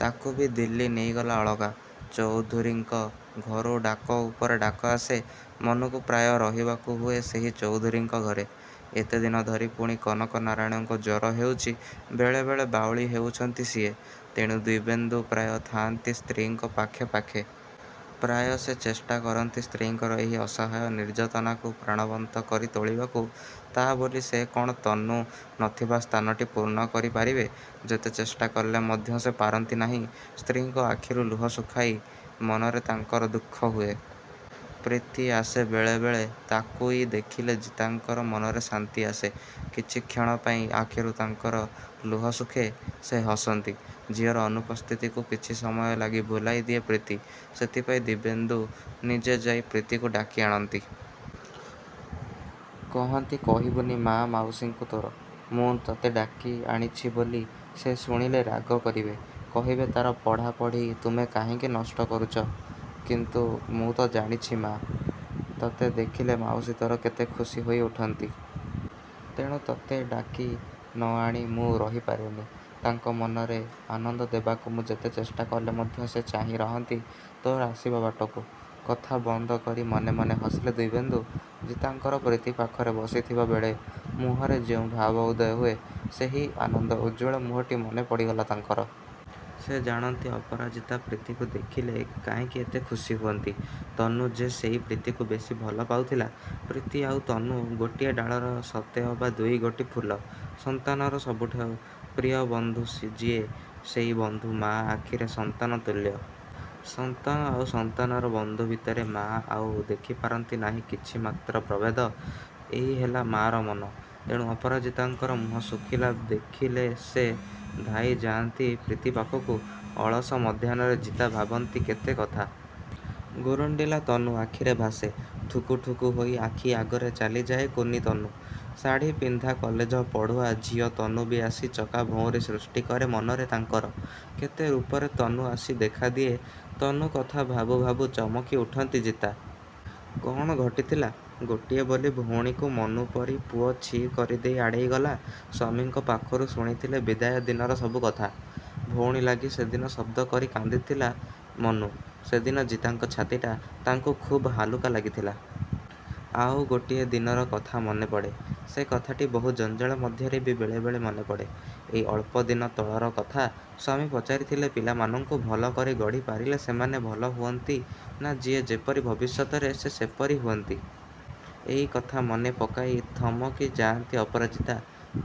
ତାକୁ ବି ଦିଲ୍ଲୀ ନେଇଗଲା ଅଳକା। ଚୌଧୁରୀଙ୍କ ଘରୁ ଡାକ ଉପରେ ଡାକ ଆସେ। ମନୁକୁ ପ୍ରାୟ ରହିବାକୁ ହୁଏ ସେହି ଚୌଧୁରୀଙ୍କ ଘରେ। ଏତେଦିନ ଧରି ପୁଣି କନକନାରାୟଣଙ୍କୁ ଜ୍ୱର ହେଉଛି। ବେଳେ ବେଳେ ବାଉଳି ହେଉଛନ୍ତି ସିଏ। ତେଣୁ, ଦିବ୍ୟେନ୍ଦୁ ପ୍ରାୟ ଥାଆନ୍ତି ସ୍ତ୍ରୀଙ୍କ ପାଖେ ପାଖେ। ପ୍ରାୟ ସେ ଚେଷ୍ଟା କରନ୍ତି ସ୍ତ୍ରୀଙ୍କର ଏହି ଅସହାୟ ନିର୍ଜନତାକୁ ପ୍ରାଣବନ୍ତ କରି ତୋଳିବାକୁ। ତା' ବୋଲି ସେ କ'ଣ ତନୁ ନଥିବା ସ୍ଥାନଟି ପୂର୍ଣ୍ଣ କରି ପାରିବେ। ଯେତେ ଚେଷ୍ଟା କଲେ ମଧ୍ୟ ସେ ପାରନ୍ତି ନାହିଁ ସ୍ତ୍ରୀଙ୍କ ଆଖିରୁ ଲୁହ ଶୁଖାଇ। ମନରେ ତାଙ୍କର ଦୁଃଖ ହୁଏ। ପ୍ରୀତି ଆସେ ବେଳେ ବେଳେ। ତାକୁଇ ଦେଖିଲେ ଜିତାଙ୍କର ମନରେ ଶାନ୍ତି ଆସେ। କିଛି କ୍ଷଣ ପାଇଁ ଆଖିରୁ ତାଙ୍କର ଲୁହ ଶୁଖେ। ସେ ହସନ୍ତି। ଝିଅର ଅନୁପସ୍ଥିତିକୁ କିଛି ସମୟ ଲାଗି ଭୁଲାଇ ଦିଏ ପ୍ରୀତି। ସେଥିପାଇଁ ଦିବ୍ୟେନ୍ଦୁ ନିଜେ ଯାଇ ପ୍ରୀତିକୁ ଡାକି ଆଣନ୍ତି। କହନ୍ତି କହିବୁନି ମାଆ ମାଉସୀଙ୍କୁ ତୋର, ମୁଁ ତତେ ଡାକି ଆଣିଛି ବୋଲି। ସେ ଶୁଣିଲେ ରାଗ କରିବେ। କହିବେ ତା'ର ପଢ଼ା ପଢ଼ି ତୁମେ କାହିଁକି ନଷ୍ଟ କରୁଛ। କିନ୍ତୁ ମୁଁ ତ ଜାଣିଛି ମାଆ, ତତେ ଦେଖିଲେ ମାଉସୀ ତୋର କେତେ ଖୁସି ହୋଇ ଉଠନ୍ତି। ତେଣୁ ତତେ ଡାକି ନ ଆଣି ମୁଁ ରହି ପାରେନି। ତାଙ୍କ ମନରେ ଆନନ୍ଦ ଦେବାକୁ ମୁଁ ଯେତେ ଚେଷ୍ଟା କଲେ ମଧ୍ୟ ସେ ଚାହିଁ ରହନ୍ତି ତୋର ଆସିବା ବାଟକୁ। କଥା ବନ୍ଦ କରି ମନେ ମନେ ହସିଲେ ଦିବ୍ୟେନ୍ଦୁ। ଜିତାଙ୍କର ପ୍ରୀତି ପାଖରେ ବସିଥିବା ବେଳେ ମୁହଁରେ ଯେଉଁ ଭାବ ଉଦୟ ହୁଏ ସେହି ଆନନ୍ଦ ଉଜ୍ଜ୍ୱଳ ମୁହଁଟି ମନେ ପଡ଼ିଗଲା ତାଙ୍କର। ସେ ଜାଣନ୍ତି ଅପରାଜିତା ପ୍ରୀତିକୁ ଦେଖିଲେ କାହିଁକି ଏତେ ଖୁସି ହୁଅନ୍ତି। ତନୁ ଯେ ସେଇ ପ୍ରୀତିକୁ ବେଶୀ ଭଲ ପାଉଥିଲା। ପ୍ରୀତି ଆଉ ତନୁ, ଗୋଟିଏ ଡାଳର ସତେଅବା ଦୁଇଗୋଟି ଫୁଲ। ସନ୍ତାନର ସବୁଠୁ ପ୍ରିୟ ବନ୍ଧୁ ଯିଏ ସେଇ ବନ୍ଧୁ ମାଆ ଆଖିରେ ସନ୍ତାନ ତୁଲ୍ୟ। ସନ୍ତାନ ଆଉ ସନ୍ତାନର ବନ୍ଧୁ ଭିତରେ ମାଆ ଆଉ ଦେଖି ପାରନ୍ତି ନାହିଁ କିଛି ମାତ୍ର ପ୍ରଭେଦ। ଏଇ ହେଲା ମାଆର ମନ। ତେଣୁ ଅପରାଜିତାଙ୍କର ମୁହଁ ଶୁଖିଲା ଦେଖିଲେ ସେ ଧାଇଁ ଯାଆନ୍ତି ପ୍ରୀତି ପାଖକୁ। ଅଳସ ମଧ୍ୟାହ୍ନରେ ଜିତା ଭାବନ୍ତି କେତେ କଥା। ଗୁରୁଣ୍ଡିଲା ତନୁ ଆଖିରେ ଭାସେ। ଠୁକୁ ଠୁକୁ ହୋଇ ଆଖି ଆଗରେ ଚାଲିଯାଏ କୁନି ତନୁ। ଶାଢ଼ି ପିନ୍ଧା କଲେଜ ପଢ଼ୁଆ ଝିଅ ତନୁ ବି ଆସି ଚକାଭଉଁରୀ ସୃଷ୍ଟି କରେ ମନରେ ତାଙ୍କର। କେତେ ରୂପରେ ତନୁ ଆସି ଦେଖାଦିଏ। ତନୁ କଥା ଭାବୁ ଭାବୁ ଚମକି ଉଠନ୍ତି ଜିତା। କ'ଣ ଘଟିଥିଲା! ଗୋଟିଏ ବୋଲି ଭଉଣୀକୁ ମନୁ ପରି ପୁଅ ଛି କରିଦେଇ ଆଡ଼େଇ ଗଲା। ସ୍ୱାମୀଙ୍କ ପାଖରୁ ଶୁଣିଥିଲେ ବିଦାୟ ଦିନର ସବୁ କଥା। ଭଉଣୀ ଲାଗି ସେଦିନ ଶବ୍ଦ କରି କାନ୍ଦିଥିଲା ମନୁ। ସେଦିନ ଜିତାଙ୍କ ଛାତିଟା ତାଙ୍କୁ ଖୁବ୍ ହାଲୁକା ଲାଗିଥିଲା। ଆଉ ଗୋଟିଏ ଦିନର କଥା ମନେ ପଡ଼େ। ସେକଥାଟି ବହୁ ଜଞ୍ଜାଳ ମଧ୍ୟରେ ବି ବେଳେ ବେଳେ ମନେ ପଡ଼େ। ଏଇ ଅଳ୍ପ ଦିନ ତଳର କଥା। ସ୍ୱାମୀ ପଚାରିଥିଲେ ପିଲାମାନଙ୍କୁ ଭଲ କରି ଗଢ଼ି ପାରିଲେ ସେମାନେ ଭଲ ହୁଅନ୍ତି ନା ଯିଏ ଯେପରି ଭବିଷ୍ୟତରେ ସେ ସେପରି ହୁଅନ୍ତି? ଏଇ କଥା ମନେ ପକାଇ ଥମକି ଯାଆନ୍ତି ଅପରାଜିତା।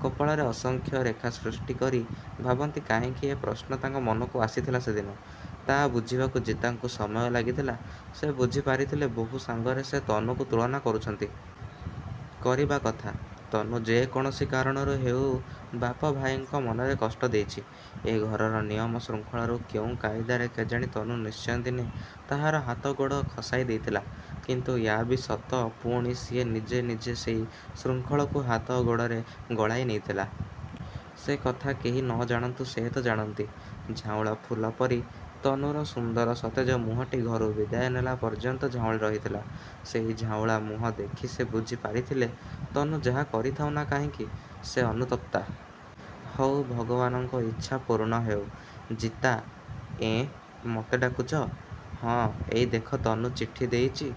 କପାଳରେ ଅସଂଖ୍ୟ ରେଖା ସୃଷ୍ଟି କରି। ଭାବନ୍ତି କାହିଁକି ଏ ପ୍ରଶ୍ନ ତାଙ୍କ ମନକୁ ଆସିଥିଲା ସେଦିନ। ତା' ବୁଝିବାକୁ ଜିତାଙ୍କୁ ସମୟ ଲାଗିଥିଲା। ସେ ବୁଝି ପାରିଥିଲେ ବୋହୂ ସାଙ୍ଗରେ ସେ ତନୁକୁ ତୁଳନା କରୁଛନ୍ତି। କରିବା କଥା। ତନୁ ଯେକୌଣସି କାରଣରୁ ହେଉ ବାପ ଭାଇଙ୍କ ମନରେ କଷ୍ଟ ଦେଇଛି। ଏ ଘରର ନିୟମ ଶୃଙ୍ଖଳାରୁ କେଉଁ କାଇଦାରେ କେଜାଣି ତନୁ ନିଶ୍ଚୟ ଦିନେ ତାହାର ହାତ ଗୋଡ଼ ଖସାଇ ଦେଇଥିଲା। କିନ୍ତୁ ୟା ବି ସତ ପୁଣି ସିଏ ନିଜେ ନିଜେ ସେଇ ଶୃଙ୍ଖଳକୁ ହାତ ଗୋଡ଼ରେ ଗଳାଇ ନେଇଥିଲା। ସେକଥା କେହି ନ ଜାଣନ୍ତୁ ସେ ତ ଜାଣନ୍ତି। ଝାଉଁଳା ଫୁଲ ପରି ତନୁର ସୁନ୍ଦର ସତେଜ ମୁହଁଟି ଘରୁ ବିଦାୟ ନେଲା ପର୍ଯ୍ୟନ୍ତ ଝାଉଁଳି ରହିଥିଲା। ସେଇ ଝାଉଁଳା ମୁହଁ ଦେଖି ସେ ବୁଝି ପାରିଥିଲେ ତନୁ ଯାହା କରିଥାଉ ନା କାହିଁକି, ସେ ଅନୁତପ୍ତା। ହଉ ଭଗବାନଙ୍କ ଇଚ୍ଛା ପୂର୍ଣ୍ଣ ହେଉ। ଜିତା, ଏଁ, ମତେ ଡାକୁଛ? ହଁ, ଏଇ ଦେଖ ତନୁ ଚିଠି ଦେଇଛି,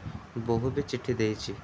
ବୋହୂ ବି ଚିଠି ଦେଇଛି!